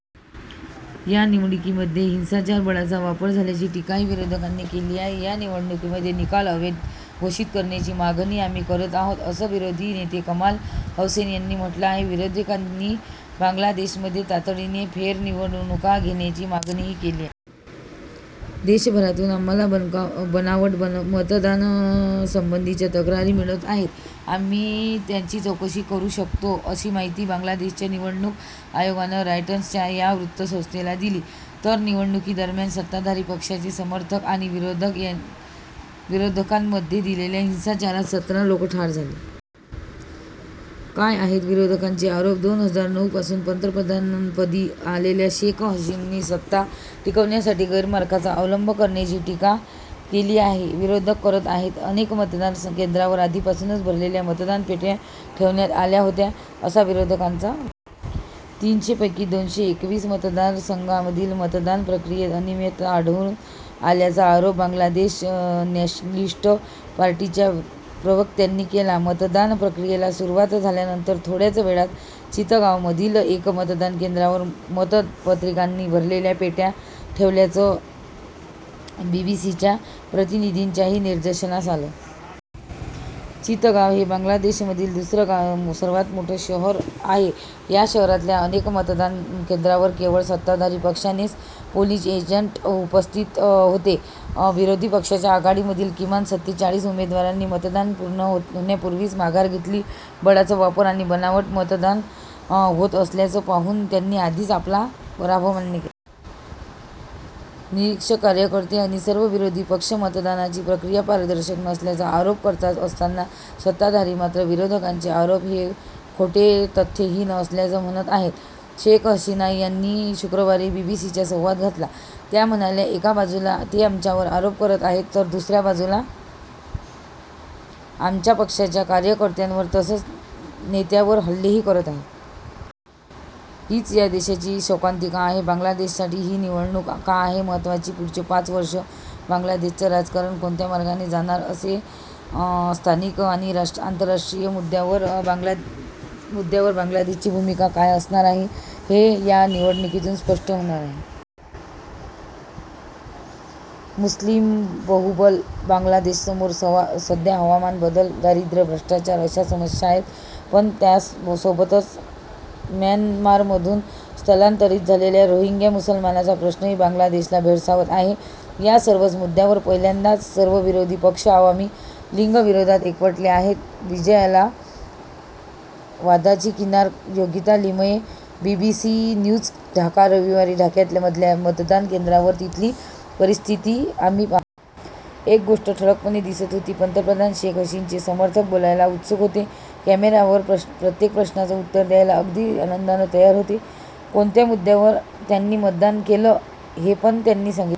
या निवडणुकीमध्ये हिंसाचार, बळाचा वापर झाल्याची टीकाही विरोधकांनी केली. या निवडणुकांचे निकाल अवैध घोषित करण्याची मागणी आम्ही करत आहोत, असं विरोधी नेते कमाल होसैन यांनी म्हटलं आहे. विरोधकांनी बांगलादेशमध्ये तातडीने फेरनिवडणुका घेण्याची मागणीही केली आहे. देशभरातून आम्हाला बनावट मतदानासंबंधीच्या तक्रारी मिळत आहेत. आम्ही त्याची चौकशी करू अशी माहिती बांगलादेशच्या निवडणूक आयोगानं रॉयटर्स या वृत्तसंस्थेला दिली. तर निवडणुकीदरम्यान सत्ताधारी पक्षाचे समर्थक आणि विरोधकांमध्ये झालेल्या हिंसाचारात सतरा लोक ठार झाले. काय आहेत विरोधकांचे आरोप? दोन हजार नऊ पासून पंतप्रधानपदी असलेल्या शेख हसीनांनी सत्ता टिकवण्यासाठी गैरमार्गाचा अवलंब केल्याची टीका विरोधक करत आहेत. अनेक मतदान केंद्रांवर आधीपासूनच भरलेल्या मतपेट्या ठेवण्यात आल्या होत्या, असा विरोधकांचा. तीनशे पैकी दोनशे एकवीस मतदारसंघांमधील मतदान प्रक्रियेत अनियमितता आढळून आल्याचा आरोप बांगलादेश नॅशनलिस्ट पार्टीच्या प्रवक्त्यांनी केला. मतदान प्रक्रियेला सुरुवात झाल्यानंतर थोड्याच वेळात चितगावमधीलल एका मतदान केंद्रावर मतपत्रिकांनी भरलेल्या पेट्या ठेवल्याचं बीबीसीच्या प्रतिनिधीच्याही निदर्शनास आलं. चितगाव हे बांगलादेशमधील दुसरं सर्वांत मोठं शहर आहे. या शहरातल्या अनेक मतदान केंद्रांवर केवळ सत्ताधारी पक्षाचेच 'पोलिंग एजंट' उपस्थित होते. विरोधी पक्षांच्या आघाडीमधील किमान सतेचाळीस उमेदवारांनी मतदान पूर्ण होण्यापूर्वीच माघार घेतली. बळाचा वापर आणि बनावट मतदान होत असल्याचं पाहून त्यांनी आधीच आपला पराभव मान्य केला. निरीक्षक, कार्यकर्ते आणि सर्व विरोधी पक्ष मतदानाची प्रक्रिया पारदर्शक नसल्याचा आरोप करत असतानाच सत्ताधारी मात्र विरोधकांचे आरोप हे खोटे तथ्यहीन असल्याचं म्हणत आहेत. शेख हसीना यांनी शुक्रवारी बीबीसीशी संवाद साधला. त्या म्हणाल्या, एका बाजूला ते आमच्यावर आरोप करत आहेत तर दुसऱ्या बाजूला आमच्या पक्षाच्या कार्यकर्त्यांवर तसंच नेत्यांवर हल्लेही करत आहेत. हीच या देशाची शोकांतिका आहे. बांगलादेशसाठी ही निवडणूक का आहे महत्त्वाची? पुढचे पाच वर्षं बांगलादेशचं राजकारण कोणत्या मार्गाने जाणार तसेच स्थानिक आणि आंतरराष्ट्रीय मुद्द्यांवर बांगलादेशची भूमिका काय असणार आहे, हे या निवडणुकीतून स्पष्ट होणार आहे. मुस्लीमबहुल बांगलादेशसमोर सध्या हवामान बदल, दारिद्र्य, भ्रष्टाचार अशा समस्या आहेत. पण त्यासोबतच म्यानमारमधून स्थलांतरित झालेल्या रोहिंग्या मुसलमानांचा प्रश्नही बांगलादेशला भेडसावत आहे. या सर्वच मुद्द्यांवर पहिल्यांदाच सर्व विरोधी पक्ष अवामी लीगविरोधात एकवटले आहेत. विजयाला वादाची किनार योगिता लिमये बीबीसी न्यूज ढाका रविवारी ढाक्यामधल्या मतदान केंद्रांवर तिथली परिस्थिती आम्ही पाहत. एक गोष्ट ठळकपणे दिसत होती. पंतप्रधान शेख हसीनांचे समर्थक बोलायला उत्सुक होते. कॅमेऱ्यावर प्रत्येक प्रश्नाचं उत्तर द्यायला अगदी आनंदानं तयार होते. कोणत्या मुद्द्यावर त्यांनी मतदान केलं, हे पण त्यांनी सांगितलं.